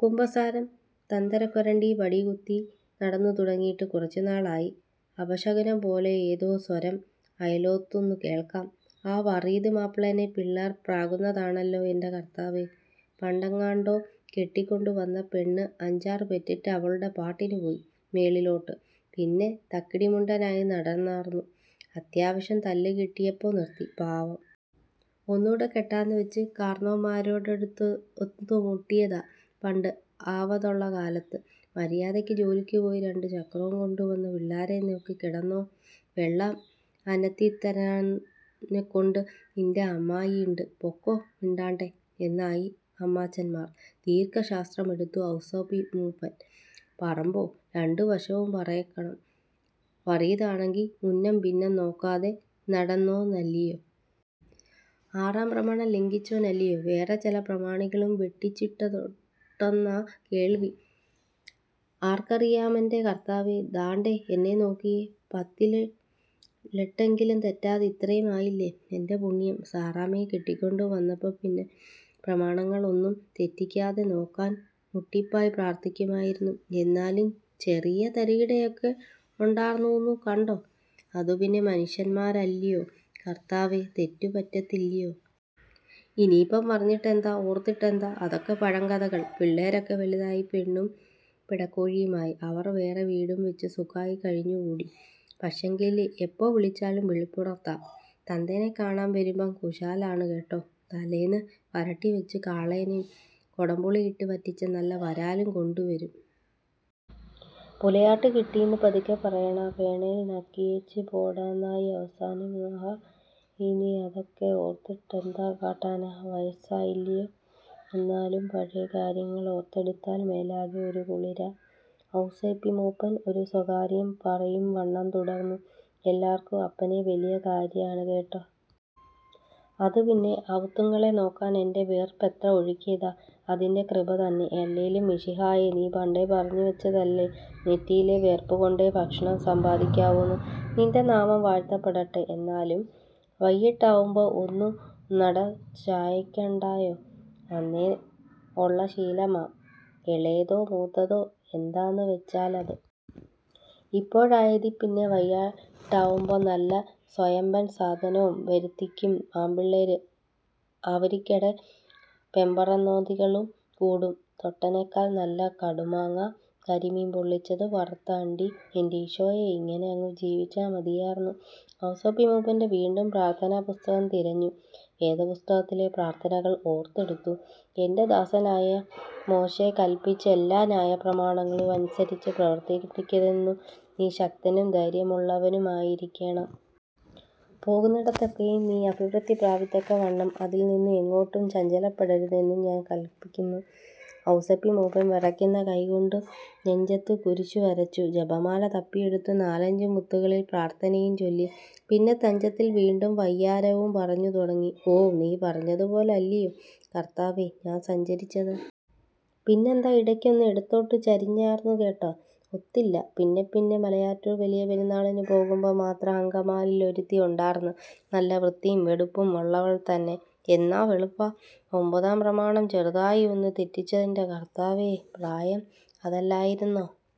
കുമ്പസാരം " തന്തക്കൊരണ്ടി വടീംകുത്തി നടന്നുതുടങ്ങീട്ട് കുറച്ചുനാളായി ". അപശകുനം പോലെയേതോ സ്വരം അയലോത്തുന്നു കേൾക്കാം. ആ വറീത് മാപ്പ്ളേനെ പിള്ളേർ പ്രാകുന്നതാണല്ലോ എന്‍റെ കർത്താവേ! പണ്ടെങ്ങാണ്ടോ കെട്ടിക്കൊണ്ടുവന്ന പെണ്ണ് അഞ്ചാറുപെറ്റിട്ട് അവളുടെ പാട്ടിനുപോയി, മേളിലോട്ട്. പിന്നെ തക്കിടിമുണ്ടനായി നടന്നാർന്നു, അത്യാവശ്യം തല്ല്കിട്ടിയപ്പോ നിർത്തി. പാവം. ഒന്നൂടെ കെട്ടാംന്ന് വച്ച് കാർന്നോമാരടടുത്ത്ഒത്തുമുട്ടീതാ, പണ്ട് ആവതൊള്ളകാലത്ത്! " മര്യാതയ്ക്ക് ജോലിക്ക് പോയി രണ്ടു ചക്രോം കൊണ്ടുവന്നു പിള്ളേരേം നോക്കി കെടന്നോ. വെള്ളം അനത്തിത്തരാനക്കൊണ്ട് നിന്‍റെ അമ്മായീണ്ട്. പൊക്കോ, മിണ്ടാണ്ടെ '', എന്നായി അമ്മാച്ചന്‍മാര്‍. ദീർഘശ്വാസമെടുത്തു ഔസേപ്പിമൂപ്പൻ. പറേമ്പോ രണ്ടുവശവും പറേണം. വറീതാണെങ്കി മുന്നംപിന്നം നോക്കാതെ നടന്നോനല്ലിയോ. ആറാംപ്രമാണം ലംഘിച്ചോനല്ലിയോ. വേറെ ചെല പ്രമാണങ്ങളും വെട്ടിച്ചിട്ടൊണ്ടെന്നാ കേൾവി. ആർക്കറിയാമെന്‍റെ കർത്താവേ. ദാണ്ടേ, എന്നെ നോക്കി, പത്തിലെട്ടെങ്കിലും തെറ്റാതെ ഇത്രേം ആയില്ലേ. എന്‍റെ പുണ്യം. സാറാമ്മയെ കെട്ടിക്കൊണ്ട് വന്നപ്പോ പിന്നെ പ്രമാണങ്ങളൊന്നും തെറ്റിക്കാതെ നോക്കാൻ മുട്ടിപ്പായി പ്രാർത്ഥിക്കുമായിരുന്നു. എന്നാലും ചെറിയ തരികിടയൊക്കെ ഒണ്ടാർന്നൂന്നു കണ്ടോ. അതുപിന്നെ മനുഷ്യമ്മാരല്യോ കർത്താവേ തെറ്റ് പറ്റത്തില്ല്യോ? " ഇനീപ്പം പറഞ്ഞിട്ടെന്താ, ഓർത്തിട്ടെന്താ. അതൊക്കെ പഴംകഥകള്‍. പിള്ളേരൊക്കെ വല്തായപ്പോ പെണ്ണും പെടക്കോഴീമായി. അവര്‍ വേറെ വീടും വച്ച് സുഖായി കഴിഞ്ഞുകൂടി, പക്ഷേങ്കില്, എപ്പോ വിളിച്ചാലും വിളിപ്പുറത്താ. തന്തേനെ കാണാൻ വരുമ്പം കുശാലാണ് കേട്ടാ. തലേന്ന് വരട്ടിവച്ച കാളേനേം കൊടംപുളിയിട്ട് വറ്റിച്ച നല്ല വരാലും കൊണ്ട് വരും. പുലയാട്ട് കിട്ടീന്ന് പതുക്കെ പറയണാ. വേണേൽ നക്കിയേച്ച് പോടാന്നായി അവസാനം. ങ്ഹാ, ഇനി അതൊക്ക ഓർത്തിട്ടെന്നാ കാട്ടാനാ. വയസ്സായില്യോ, എന്നാലും പഴേ കാര്യങ്ങള് ഓർത്തെടുത്താൽ മേലാകെ ഒരു കുളിരാ ". ഔസേപ്പി മൂപ്പൻ ഒരു സ്വകാര്യം പറയുംവണ്ണം തുടർന്നു. " എല്ലാർക്കും അപ്പനെ വലിയ കാര്യാണു കേട്ടാ. അതുപിന്നെ അവുത്തുങ്ങളെ നോക്കാൻ എന്‍റെ വേർപ്പ് എത്ര ഒഴുക്കീതാ. അതിന്‍റെ കൃപതന്നെ. അല്ലേലും മിശിഹായേ നീ പണ്ടേ പറഞ്ഞുവച്ചതല്ലേ, നെറ്റിയിലെ വേർപ്പുകൊണ്ടേ ഭക്ഷണം സമ്പാദിക്കാവൂന്ന്. നിന്‍റെ നാമം വാഴ്ത്തപ്പെടട്ടെ. എന്നാലും വയ്യിട്ടാവുമ്പം ഒന്നു നട ചായ്ക്കണ്ടായോ? അന്നേ ഒള്ള ശീലമാ, എളേതോ മൂത്തതോ എന്താന്ന് വച്ചാലത്. ഇപ്പോഴായതിൽ പിന്നെ വയ്യാണ്ടാവുമ്പം നല്ല സൊയമ്പൻ സാധനോം വരുത്തിക്കും ആമ്പിള്ളേര്. അവരിക്കടെ പെമ്പറൊന്നോത്തികളും കൂടും. തൊട്ട്നക്കാൻ നല്ല കടുമാങ്ങ, കരിമീൻ പൊള്ളിച്ചത്, വറുത്ത അണ്ടി, എന്റീശോയേ ഇങ്ങനെ അങ്ങു ജീവിച്ചാൽ മതിയാർന്നു ". ഔസേപ്പിമൂപ്പന്റെ വീണ്ടും പ്രാർത്ഥനാപുസ്തകം തിരഞ്ഞു. വേദപുസ്തകത്തിലെ പ്രാർത്ഥനകൾ ഓർത്തെടുത്തു. " എന്‍റെ ദാസനായ മോശെ കല്പിച്ച എല്ലാ ന്യായപ്രമാണങ്ങളും അനുസരിച്ചു പ്രവർത്തിപ്പിക്കരുതെന്നും നീ ശക്തനും ധൈര്യവുമുള്ളവനായിരിക്കേണം. പോകുന്നിടത്തൊക്കെയും നീ അഭിവൃദ്ധി പ്രാപിക്കത്തക്കവണ്ണം അതിൽനിന്നു എങ്ങോട്ടും ചഞ്ചലപ്പെടരുത് എന്നും ഞാൻ കല്പിക്കുന്നു ". ഔസേപ്പിമൂപ്പൻ വിറയ്ക്കുന്ന കൈകൊണ്ട് നെഞ്ചത്തു കുരിശുവരച്ചു. ജപമാല തപ്പിയെടുത്തു നാലഞ്ചു മുത്തുകളിൽ പ്രാർത്ഥനയും ചൊല്ലി. പിന്നെ തഞ്ചത്തിൽ വീണ്ടും പയ്യാരവും പറഞ്ഞു തുടങ്ങി. " ഓ, നീ പറഞ്ഞത്പോലെ അല്ലിയോ കർത്താവേ ഞാൻ സഞ്ചരിച്ചത്! പിന്നെന്താ, ഇടയ്ക്കൊന്നു എടത്തോട്ട് ചരിഞ്ഞാർന്നു കേട്ടാ. ഒത്തില്ല. പിന്നെപ്പിന്നെ, മലയാറ്റൂര്‍ വലിയപെരുന്നാളിന് പോകുമ്പം മാത്രം, അങ്കമാലീലൊരുത്തി ഒണ്ടാർന്നു. നല്ല വൃത്തീം വെടിപ്പും ഒള്ളവൾ തന്നെ. എന്നാ വെളുപ്പാ, ഒമ്പതാം പ്രമാണം ചെറുതായി ഒന്നു തെറ്റിച്ചെന്റെ കർത്താവേ. പ്രായം അതല്ലായിരുന്നോ.